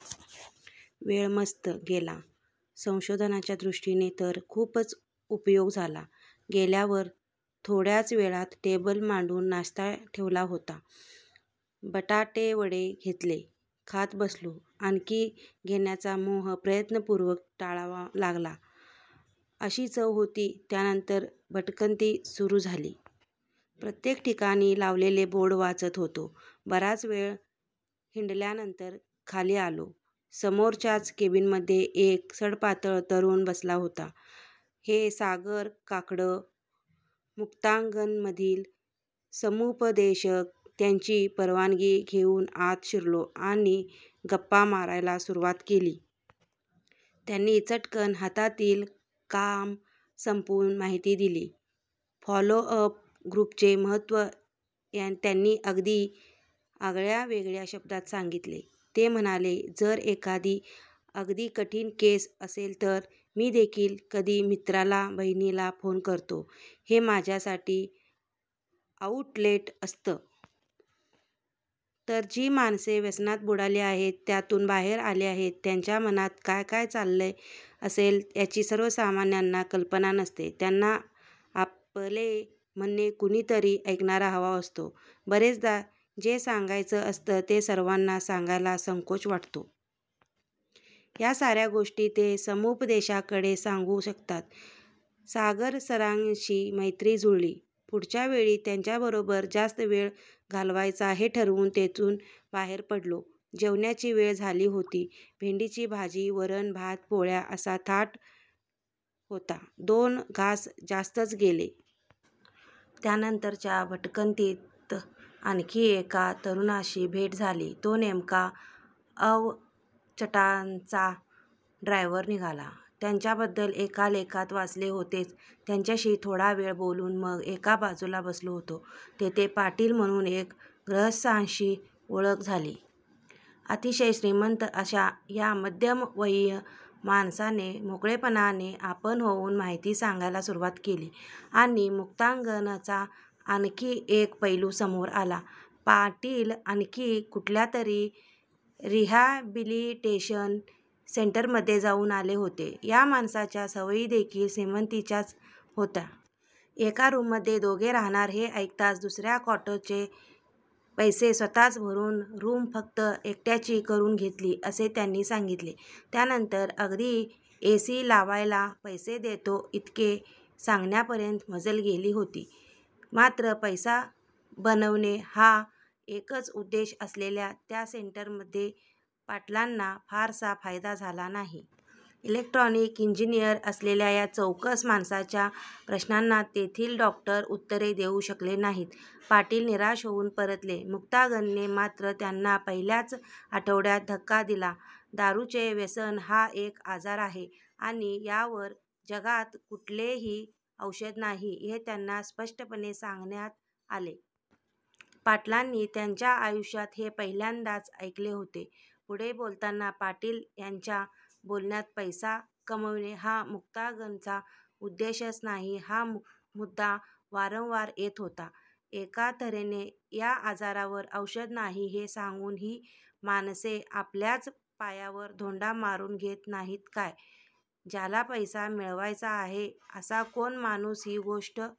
वेळ मस्त गेला. संशोधनाच्या दृष्टीने तर खूपच उपयोग झाला. गेल्यावर थोड्याच वेळात टेबल मांडून नाश्ता ठेवला होता. बटाटेवडे घेतले. खात बसलो. आणखी घेण्याचा मोह प्रयत्नपूर्वक टाळावा लागला अशी चव होती. त्यानंतर भटकंती सुरू झाली. प्रत्येक ठिकाणी लावलेले बोर्ड वाचत होतो. बराच वेळ हिंडल्यानंतर खाली आलो. समोरच्याच केबिनमध्ये एक सडपातळ तरुण बसला होता. हे सागर काकड. मुक्तांगणमधील समुपदेशक. त्यांची परवानगी घेऊन आत शिरलो आणि गप्पा मारायला सुरुवात केली. त्यांनी चटकन हातातील काम संपवून माहिती दिली. फॉलोअप ग्रुपचे महत्त्व त्यांनी अगदी आगळ्यावेगळ्या शब्दांत सांगितले. ते म्हणाले जर एखादी अगदी कठीण केस असेल तर मीदेखील कधी मित्राला, बहिणीला फोन करतो. हे माझ्यासाठी आउटलेट असतं. तर जी माणसे व्यसनात बुडाली आहेत, त्यातून बाहेर आली आहेत, त्यांच्या मनात काय काय चाललं असेल याची सर्वसामान्यांना कल्पना नसते. त्यांना आपले म्हणणे कुणीतरी ऐकणारा हवा असतो. बरेचदा जे सांगायचं असतं ते सर्वांना सांगायला संकोच वाटतो. या साऱ्या गोष्टी ते समुपदेशकाकडे सांगू शकतात. सागरसरांशी मैत्री जुळली. पुढच्यावेळी त्यांच्याबरोबर जास्त वेळ घालवायचा हे ठरवून तेथून बाहेर पडलो. जेवण्याची वेळ झाली होती. भेंडीची भाजी, वरण, भात, पोळ्या असा थाट होता. दोन घास जास्तच गेले. त्यानंतरच्या भटकंतीत आणखी एका तरुणाशी भेट झाली. तो नेमका अवचटांचा ड्रायव्हर निघाला. त्याच्याबद्दल एका लेखात वाचले होतेच. त्याच्याशी थोडा वेळ बोलून मग एका बाजूला बसलो होतो. तेथे पाटील म्हणून एक गृहस्थांशी ओळख झाली. अतिशय श्रीमंत अशा या मध्यमवयीन माणसाने मोकळेपणाने आपण होऊन माहिती सांगायला सुरुवात केली आणि मुक्तांगणचा आणखी एक पैलू समोर आला. पाटील आणखी कुठल्यातरी रिहॅबिलिटेशन सेंटरमध्ये जाऊन आले होते. या माणसाच्या सवयीदेखील श्रीमंतांच्याच होत्या. एका रूममध्ये दोघे राहणार हे ऐकताच दुसऱ्या कॉटचे पैसे स्वतःच भरून रूम फक्त एकट्याची करून घेतली असे त्यांनी सांगितले. त्यानंतर अगदी एसी लावायला पैसे देतो इतके सांगण्यापर्यंत मजल गेली होती. मात्र पैसा बनवणे हा एकच उद्देश असलेल्या त्या सेंटरमध्ये पाटलांना फारसा फायदा झाला नाही. इलेक्ट्रॉनिक इंजिनिअर असलेल्या या चौकस माणसाच्या प्रश्नांना तेथील डॉक्टर उत्तरे देऊ शकले नाहीत. पाटील निराश होऊन परतले. मुक्तांगणने मात्र त्यांना पहिल्याच आठवड्यात धक्का दिला. दारूचे व्यसन हा एक आजार आहे आणि यावर जगात कुठलेही औषध नाही हे त्यांना स्पष्टपणे सांगण्यात आले. पाटलांनी त्यांच्या आयुष्यात हे पहिल्यांदाच ऐकले होते. पुढे बोलताना पाटील यांच्या बोलण्यात पैसा कमवणे हा मुक्तांगणचा उद्देशच नाही हा मुद्दा वारंवार येत होता. एका तऱ्हेने या आजारावर औषध नाही हे सांगून ही माणसे आपल्याच पायावर धोंडा मारून घेत नाहीत काय? ज्याला पैसा मिळवायचा आहे असा कोण माणूस ही गोष्ट